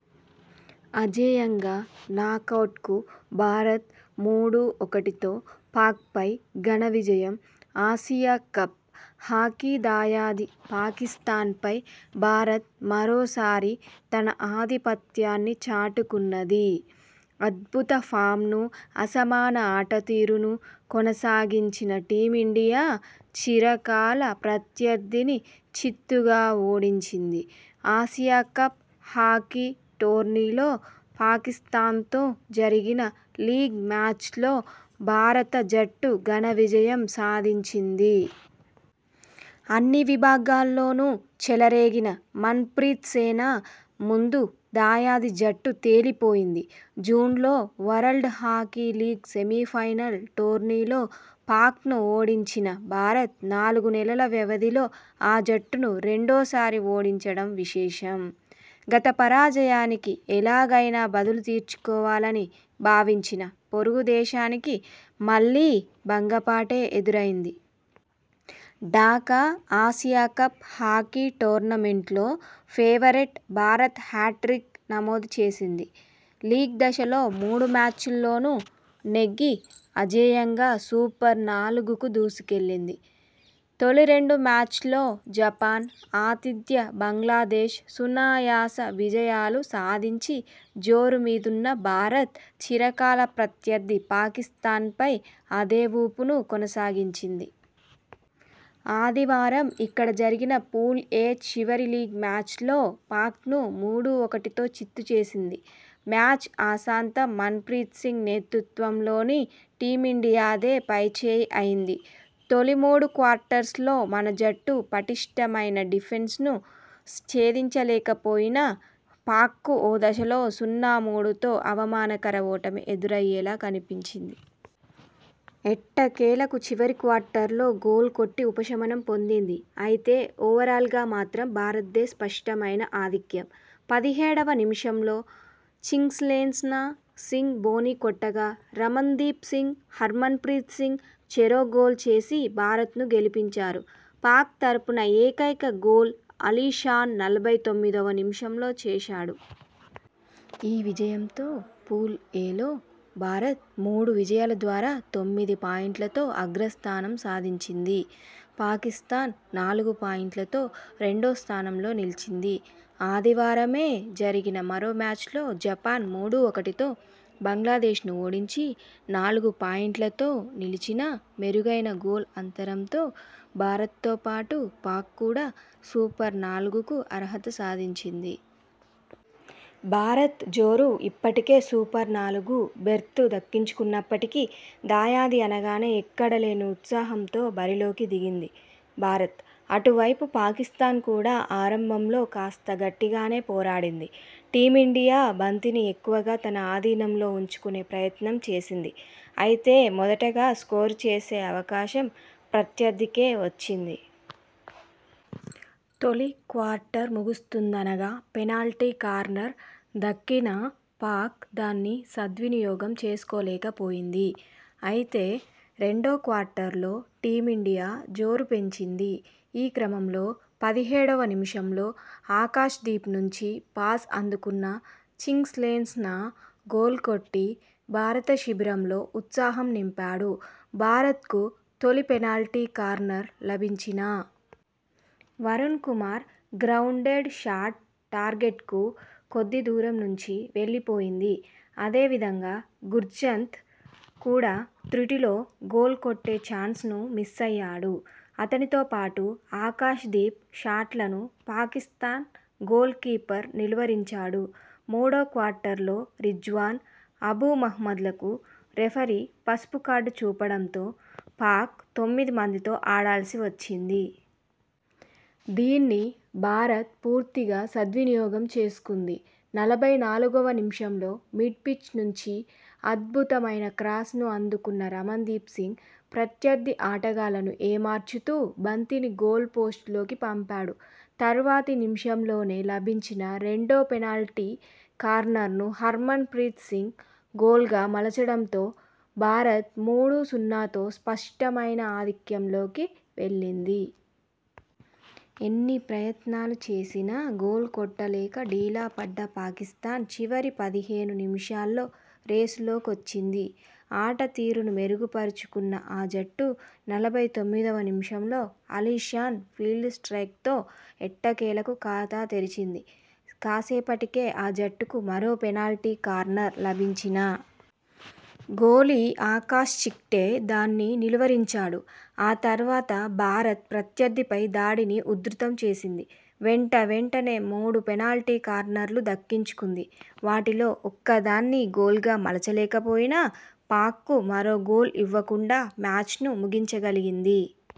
అజేయంగా నాకౌట్కు భారత్ మూడు - ఒకటితో పాక్పై ఘన విజయం ఆసియా కప్ హాకీదాయాది పాకిస్థాన్పై భారత్ మరోసారి తన ఆధిపత్యాన్ని చాటుకున్నది! అద్భుత ఫామ్ను.. అసమాన ఆటతీరును కొనసాగించిన టీమిండియా చిరకాల ప్రత్యర్థిని చిత్తుగా ఓడించింది. ఆసియాకప్ హాకీ టోర్నీలో పాకిస్థాన్తో జరిగిన లీగ్ మ్యాచ్లో భారత జట్టు ఘన విజయం సాధించింది. అన్ని విభాగాల్లోనూ చెలరేగిన మన్ ప్రీత్ సేన ముందు దాయాది జట్టు తేలిపోయింది! జూన్లో వరల్డ్ హాకీ లీగ్ సెమీఫైనల్ టోర్నీలో పాక్ను ఓడించిన భారత్ నాలుగు నెలల వ్యవధిలో ఆ జట్టును రెండోసారి ఓడించడం విశేషం! గత పరాజయానికి ఎలాగైనా బదులు తీర్చుకోవాలని భావించిన పొరుగు దేశానికి మళ్లీ భంగపాటే ఎదురైంది! ఢాకా ఆసియా కప్ హాకీ టోర్నమెంట్లో ఫేవరెట్ భారత్ హ్యాట్రిక్ నమోదు చేసింది. లీగ్ దశలో మూడు మ్యాచ్ల్లోనూ నెగ్గి అజేయంగా సూపర్-నాలుగుకు దూసుకెళ్లింది. తొలి రెండు మ్యాచ్ల్లో జపాన్, ఆతిథ్య బంగ్లాదేశ్ సునాయాస విజయాలు సాధించి జోరు మీదున్న భారత్.. చిరకాల ప్రత్యర్థి పాకిస్థాన్పై అదే ఊపును కొనసాగించింది. ఆదివారం ఇక్కడ జరిగిన పూల్-ఎ చివరి లీగ్ మ్యాచ్లో పాక్ను మూడు-ఒకటితో చిత్తు చేసింది. మ్యాచ్ ఆసాంతం మన్ ప్రీత్ సింగ్ నేతృత్వంలోని టీమిండియాదే పైచేయి అయింది. తొలి మూడు క్వార్టర్స్లో మన జట్టు పటిష్టమైన డిఫెన్స్ను ఛేదించలేకపోయిన పాక్కు ఓ దశలో సున్నా-మూడుతో అవమానకర ఓటమి ఎదురయ్యేలా కనిపించింది. ఎట్టకేలకు చివరి క్వార్టర్లో గోల్ కొట్టి ఉపశమనం పొందింది. అయితే, ఓవరాల్గా మాత్రం భారత్దే స్పష్టమైన ఆధిక్యం! పదిహేడవ నిమిషంలో చింగ్లేన్సనా సింగ్ బోణీ కొట్టగా, రమణ్దీప్ సింగ్, హర్మన్ప్రీత్ సింగ్ చెరో గోల్ చేసి భారత్ను గెలిపించారు. పాక్ తరపున ఏకైక గోల్ అలీ షాన్ నలభై తొమ్మిదివ నిమిషంలో చేశాడు. ఈ విజయంతో పూల్-ఎలో భారత్ మూడు విజయాల ద్వారా తొమ్మిది పాయింట్లతో అగ్రస్థానం సాధించింది. పాకిస్థాన్ నాలుగు పాయింట్లతో రెండో స్థానంలో నిలిచింది. ఆదివారమే జరిగిన మరో మ్యాచ్లో జపాన్ మూడు-ఒకటితో బంగ్లాదేశ్ను ఓడించి నాలుగు పాయింట్లతో నిలిచినామెరుగైన గోల్ అంతరంతో భారత్తో పాటు పాక్ కూడా సూపర్-నాలుగుకు అర్హత సాధించింది. భారత్ జోరు ఇప్పటికే సూపర్-నాలుగు బెర్తు దక్కించుకున్నప్పటికీ.. దాయాది అనగానే ఎక్కడలేని ఉత్సాహంతో బరిలోకి దిగింది భారత్. అటువైపు పాకిస్థాన్ కూడా ఆరంభంలో కాస్త గట్టిగానే పోరాడింది. టీమిండియా బంతిని ఎక్కువగా తన అధీనంలో ఉంచుకునే ప్రయత్నం చేసింది. అయితే, మొదటగా స్కోరు చేసే అవకాశం ప్రత్యర్థికే వచ్చింది. తొలి క్వార్టర్ ముగుస్తుందనగా పెనాల్టీ కార్నర్ దక్కినాపాక్ దాన్ని సద్వినియోగం చేసుకోలేకపోయింది. అయితే, రెండో క్వార్టర్లో టీమిండియా జోరు పెంచింది. ఈ క్రమంలో పదిహేడువ నిమిషంలో ఆకాశ్ దీప్ నుంచి పాస్ అందుకున్న చింగ్లేన్సనా గోల్ కొట్టి భారత శిబిరంలో ఉత్సాహం నింపాడు. భారత్కు తొలి పెనాల్టీ కార్నర్ లభించినా.. వరుణ్ కుమార్ గ్రౌండెడ్ షాట్ టార్గెట్కు కొద్ది దూరం నుంచి వెళ్లిపోయింది. అదే విధంగా గుర్జన్త్ కూడా తృటిలో గోల్ కొట్టే చాన్స్ను మిస్సయ్యాడు. అతనితో పాటు ఆకాశ్ దీప్ షాట్లను పాకిస్థాన్ గోల్ కీపర్ నిలువరించాడు. మూడో క్వార్టర్లో రిజ్వాన్, అబూ మహమ్మద్లకు రెఫరీ పసుపు కార్డు చూపడంతో పాక్ తొమ్మిది మందితో ఆడాల్సి వచ్చింది. దీన్ని భారత్ పూర్తిగా సద్వినియోగం చేసుకుంది. నలభై నాలుగువ నిమిషంలో మిడ్ పిచ్ నుంచి అద్భుతమైన క్రాస్ను అందుకున్న రమణ్దీప్ సింగ్. ప్రత్యర్థి ఆటగాళ్లను ఏమార్చుతూ బంతిని గోల్ పోస్ట్ లోకి పంపాడు. తర్వాతి నిమిషంలోనే లభించిన రెండో పెనాల్టీ కార్నర్ను హర్మన్ప్రీత్ సింగ్ గోల్గా మలచడంతో భారత్ మూడు-సున్నాతో స్పష్టమైన ఆధిక్యంలోకి వెళ్లింది. ఎన్ని ప్రయత్నాలు చేసినా గోల్ కొట్టలేక డీలా పడ్డ పాకిస్థాన్ చివరి పదిహేను నిమిషాల్లో రేసులోకొచ్చింది. ఆట తీరును మెరుగుపరుచుకున్న ఆ జట్టు నలభై తొమ్మిదివ నిమిషంలో అలీ షాన్ ఫీల్డ్ స్ట్రయిక్తో ఎట్టకేలకు ఖాతా తెరిచింది. కాసేపటికే ఆ జట్టుకు మరో పెనాల్టీ కార్నర్ లభించినా. గోలీ ఆకాశ్ చిక్టే దాన్ని నిలువరించాడు. ఆ తర్వాత భారత్ ప్రత్యర్థిపై దాడిని ఉధృతం చేసింది. వెంటవెంటనే మూడు పెనాల్టీ కార్నర్లు దక్కించుకుంది. వాటిలో ఒక్కదాన్నీ గోల్గా మలచలేకపోయినా.. పాక్కు మరో గోల్ ఇవ్వకుండా మ్యాచ్ను ముగించగలిగింది.